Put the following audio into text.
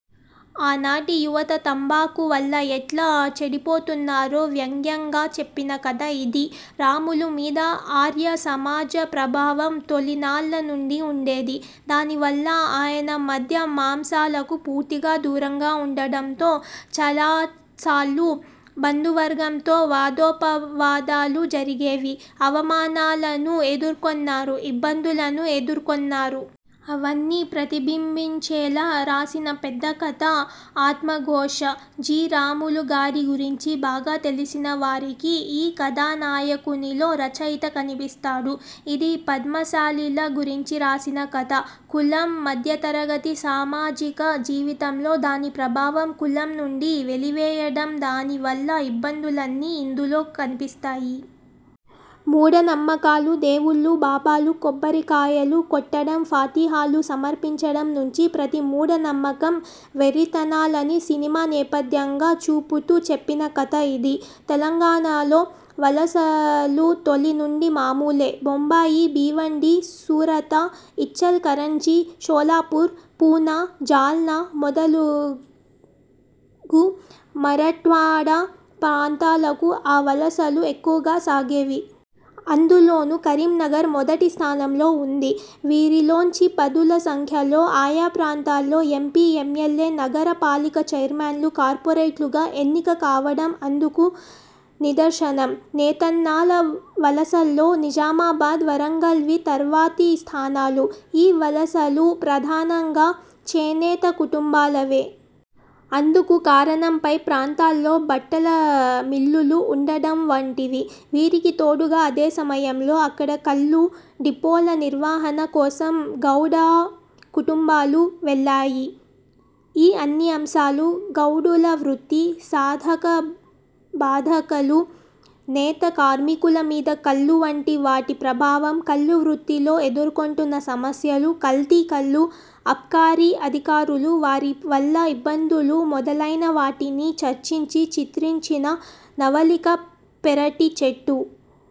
ఆనాటి యువత తంబాకు వల్ల ఎట్లా చెడిపోతున్నారో వ్యంగ్యంగా చెప్పిన కథ ఇది. రాములు మీద ఆర్య సమాజ ప్రభావం తొలినాళ్ళ నుండి ఉండేది. దానివల్ల ఆయన మద్య మాంసాలకు పూర్తిగా దూరంగా ఉండడంతో చాలాసార్లు బంధువర్గంతో వాదోపవాదాలు జరిగేవి. అవమానాలనూ ఎదుర్కొన్నారు. ఇబ్బందులను ఎదుర్కొన్నారు. అవన్నీ ప్రతిబింబించేలా రాసిన పెద్ద కథ 'ఆత్మఘోష'. జి. రాములుగారి గురించి బాగా తెలిసిన వారికి ఈ కథానాయకునిలో రచయిత కనిపిస్తాడు. ఇది పద్మశాలీల గురించి రాసిన కథ. కులం, మధ్యతరగతి సామాజిక జీవితంలో దాని ప్రభావం, కులం నుండి వెలివేయడం దాని వల్ల ఇబ్బందులన్నీ ఇందులో కనిపిస్తాయి. మూఢనమ్మకాలు, దేవుళ్ళు, బాబాలు, కొబ్బరికాయలు కొట్టడం, ఫాతిహాలు సమర్పించడం నుంచి ప్రతి మూఢ నమ్మకం, వెర్రితనాలని సినిమా నేపథ్యంగా చూపుతూ చెప్పిన కథ ఇది. తెలంగాణలో వలసలు తొలి నుండి మామూలే. బొంబాయి, బీవండి, సూరత, ఇచ్చల్ కరంజి, షోలాపూర్, పూనా, జాల్నా మొదలగు మరఠ్వాడా ప్రాంతాలకు ఆ వలసలు ఎక్కువగా సాగేవి. అందులోనూ కరీంనగర్ మొదటి స్థానంలో ఉంది. వీరిలోంచి పదుల సంఖ్యలో ఆయా ప్రాంతాల్లో M. P., M. L. A., నగర పాలిక చైర్మన్లు, కార్పొరేటర్లుగా ఎన్నిక కావడం అందుకు నిదర్శనం. నేతన్నల వలసల్లో నిజామాబాద్, వరంగల్లవి తర్వాతి స్థానాలు. ఈ వలసలు ప్రధానంగా చేనేత కుటుంబాలవే. అందుకు కారణం పై ప్రాంతాల్లో బట్టల మిల్లులు ఉండడం వంటివి. వీరికి తోడుగా అదే సమయంలో అక్కడ కల్లు డిపోల నిర్వహణ కోసం గౌడ కుటుంబాలు వెళ్ళాయి. ఈ అన్ని అంశాలు, గౌడుల వృత్తి, సాధక బాధకాలు, నేత కార్మికుల మీద కల్లు వంటి వాటి ప్రభావం, కల్లు వృత్తిలో ఎదుర్కొంటున్న సమస్యలు, కల్తీకల్లు, అబ్కారీ అధికారులు, వారి వల్ల ఇబ్బందులు మొదలైన వాటిని చర్చించి చిత్రించిన నవలిక 'పెరటి చెట్టు'.